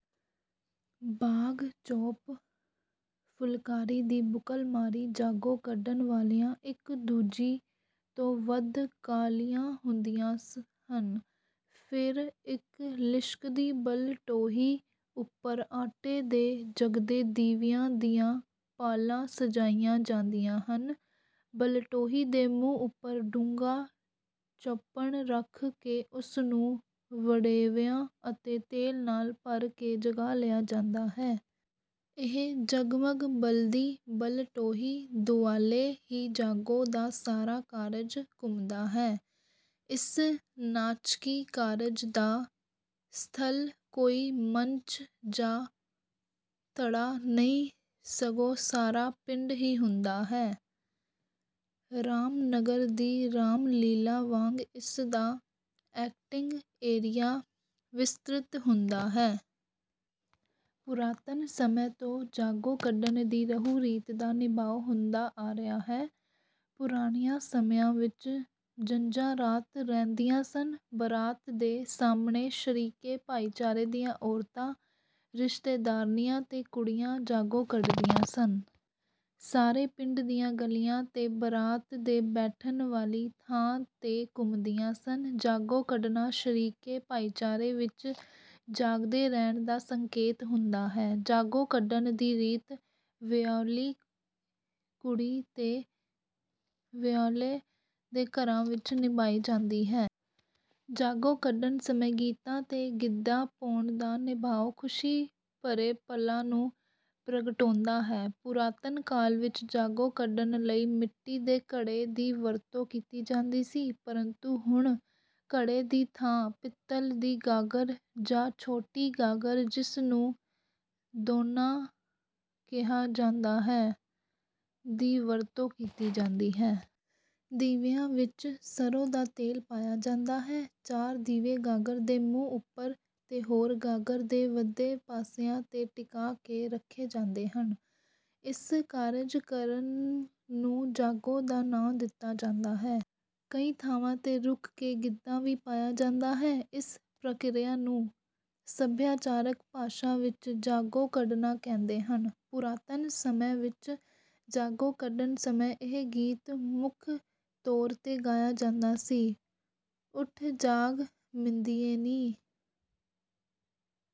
ਬਾਗ ਚੋਪ ਫੁਲਕਾਰੀ ਦੀ ਬੁੱਕਲ ਮਾਰੀ ਜਾਗੋ ਕੱਢਣ ਵਾਲੀਆਂ ਇੱਕ ਦੂਜੀ ਤੋਂ ਵੱਧ ਕਾਹਲੀਆਂ ਹੁੰਦੀਆਂ ਹਨ। ਫਿਰ ਇੱਕ ਲਿਸ਼ਕਦੀ ਬਲਟੋਹੀ ਉੱਪਰ ਆਟੇ ਦੇ ਜਗਦੇ ਦੀਵਿਆਂ ਦੀਆਂ ਪਾਲਾਂ ਸਜਾਈਆਂ ਜਾਂਦੀਆਂ ਹਨ। ਬਲਟੋਹੀ ਦੇ ਮੂੰਹ ਉੱਪਰ ਡੂੰਘਾ ਚੱਪਣ ਰੱਖ ਕੇ ਉਸ ਨੂੰ ਵੜੇਵਿਆਂ ਅਤੇ ਤੇਲ ਨਾਲ ਭਰ ਕੇ ਜਗਾ ਲਿਆ ਜਾਂਦਾ ਹੈ। ਇਹ ਜਗਮਗ ਬਲਦੀ ਬਲਟੋਹੀ ਦੁਆਲੇ ਹੀ ਜਾਗੋ ਦਾ ਸਾਰਾ ਕਾਰਜ ਘੁੰਮਦਾ ਹੈ। ਇਸ ਨਾਚਕੀ ਕਾਰਜ ਦਾ ਸਥਲ ਕੋਈ ਮੰਚ ਜਾਂ ਥੜਾ ਨਹੀਂ ਸਗੋਂ ਸਾਰਾ ਪਿੰਡ ਹੀ ਹੁੰਦਾ ਹੈ। 'ਰਾਮ ਨਗਰ ਦੀ ਰਾਮ ਲੀਲਾ' ਵਾਂਗ ਇਸ ਦਾ ਐਕਟਿੰਗ ਏਰੀਆ ਵਿਸਤ੍ਰਿਤ ਹੁੰਦਾ ਹੈ। ਪੁਰਾਤਨ ਸਮੇਂ ਤੋਂ ਜਾਗੋ ਕੱਢਣ ਦੀ ਰਹੁ-ਰੀਤ ਦਾ ਨਿਭਾਉ ਹੁੰਦਾ ਐ ਰਿਹਾ ਹੈ। ਪੁਰਾਣਿਆਂ ਸਮਿਆਂ ਵਿੱਚ ਜੰਞਾਂ ਰਾਤ ਰਹਿੰਦੀਆਂ ਸਨ। ਬਰਾਤ ਦੇ ਸਾਹਮਣੇ ਸ਼ਰੀਕੇ ਭਾਈਚਾਰੇ ਦੀਆਂ ਔਰਤਾਂ, ਰਿਸ਼ਤੇਦਾਰਨੀਆਂ ਤੇ ਕੁੜੀਆਂ ਜਾਗੋ ਕੱਢਦੀਆਂ ਸਨ। ਸਾਰੇ ਪਿੰਡ ਦੀਆਂ ਗਲੀਆਂ ਤੇ ਬਰਾਤ ਦੇ ਬੈਠਣ ਵਾਲੀ ਥਾਂ ਤੇ ਘੁੰਮਦੀਆਂ ਸਨ। ਜਾਗੋ ਕੱਢਣਾ ਸ਼ਰੀਕੇ ਭਾਈਚਾਰੇ ਵਿੱਚ ਜਾਗਦੇ ਰਹਿਣ ਦਾ ਸੰਕੇਤ ਹੁੰਦਾ ਹੈ। ਜਾਗੋ ਕੱਢਣ ਦੀ ਰੀਤ ਵਿਆਹੁਲੀ ਕੁੜੀ ਤੇ ਵਿਆਹੁਲੇ ਦੇ ਘਰਾਂ ਵਿੱਚ ਨਿਭਾਈ ਜਾਂਦੀ ਹੈ। ਜਾਗੋ ਕੱਢਣ ਸਮੇਂ ਗੀਤਾਂ ਤੇ ਗਿੱਧਾ ਪਾਉਣ ਦਾ ਨਿਭਾਅ ਖ਼ੁਸ਼ੀ ਭਰੇ ਪਲਾਂ ਨੂੰ ਪ੍ਰਗਟਾਉਂਦਾ ਹੈ। ਪੁਰਾਤਨ ਕਾਲ ਵਿੱਚ ਜਾਗੋ ਕੱਢਣ ਲਈ ਮਿੱਟੀ ਦੇ ਘੜੇ ਦੀ ਵਰਤੋਂ ਕੀਤੀ ਜਾਂਦੀ ਸੀ। ਪਰੰਤੂ ਹੁਣ ਘੜੇ ਦੀ ਥਾਂ ਪਿੱਤਲ ਦੀ ਗਾਗਰ ਜਾਂ ਛੋਟੀ ਗਾਗਰ ਜਿਸ ਨੂੰ 'ਦੋਣਾ' ਕਿਹਾ ਜਾਂਦਾ ਹੈ, ਦੀ ਵਰਤੋਂ ਕੀਤੀ ਜਾਂਦੀ ਹੈ। ਦੀਵਿਆਂ ਵਿੱਚ ਸਰ੍ਹੋਂ ਦਾ ਤੇਲ ਪਾਇਆ ਜਾਂਦਾ ਹੈ। ਚਾਰ ਦੀਵੇ ਗਾਗਰ ਦੇ ਮੂੰਹ ਉੱਪਰ ਤੇ ਹੋਰ ਗਾਗਰ ਦੇ ਵਧੇ ਪਾਸਿਆਂ ਤੇ ਟਿਕਾ ਕੇ ਰੱਖੇ ਜਾਂਦੇ ਹਨ। ਇਸ ਕਾਰਜ ਕਰਮ ਨੂੰ ਜਾਗੋ ਦਾ ਨਾਂ ਦਿੱਤਾ ਜਾਂਦਾ ਹੈ। ਕਈ ਥਾਵਾਂ ਤੇ ਰੁਕ ਕੇ ਗਿੱਧਾ ਵੀ ਪਾਇਆ ਜਾਂਦਾ ਹੈ। ਇਸ ਪ੍ਰਕਿਰਿਆ ਨੂੰ ਸਭਿਆਚਾਰਕ ਭਾਸ਼ਾ ਵਿੱਚ 'ਜਾਗੋ ਕੱਢਣਾ' ਕਹਿੰਦੇ ਹਨ। ਪੁਰਾਤਨ ਸਮੇਂ ਵਿੱਚ ਜਾਗੋ ਕੱਢਣ ਸਮੇਂ ਇਹ ਗੀਤ ਮੁੱਖ ਤੌਰ ਤੇ ਗਾਇਆ ਜਾਂਦਾ ਸੀ: ਉੱਠ ਜਾਗ ਮਿੰਦੀਏ ਨੀ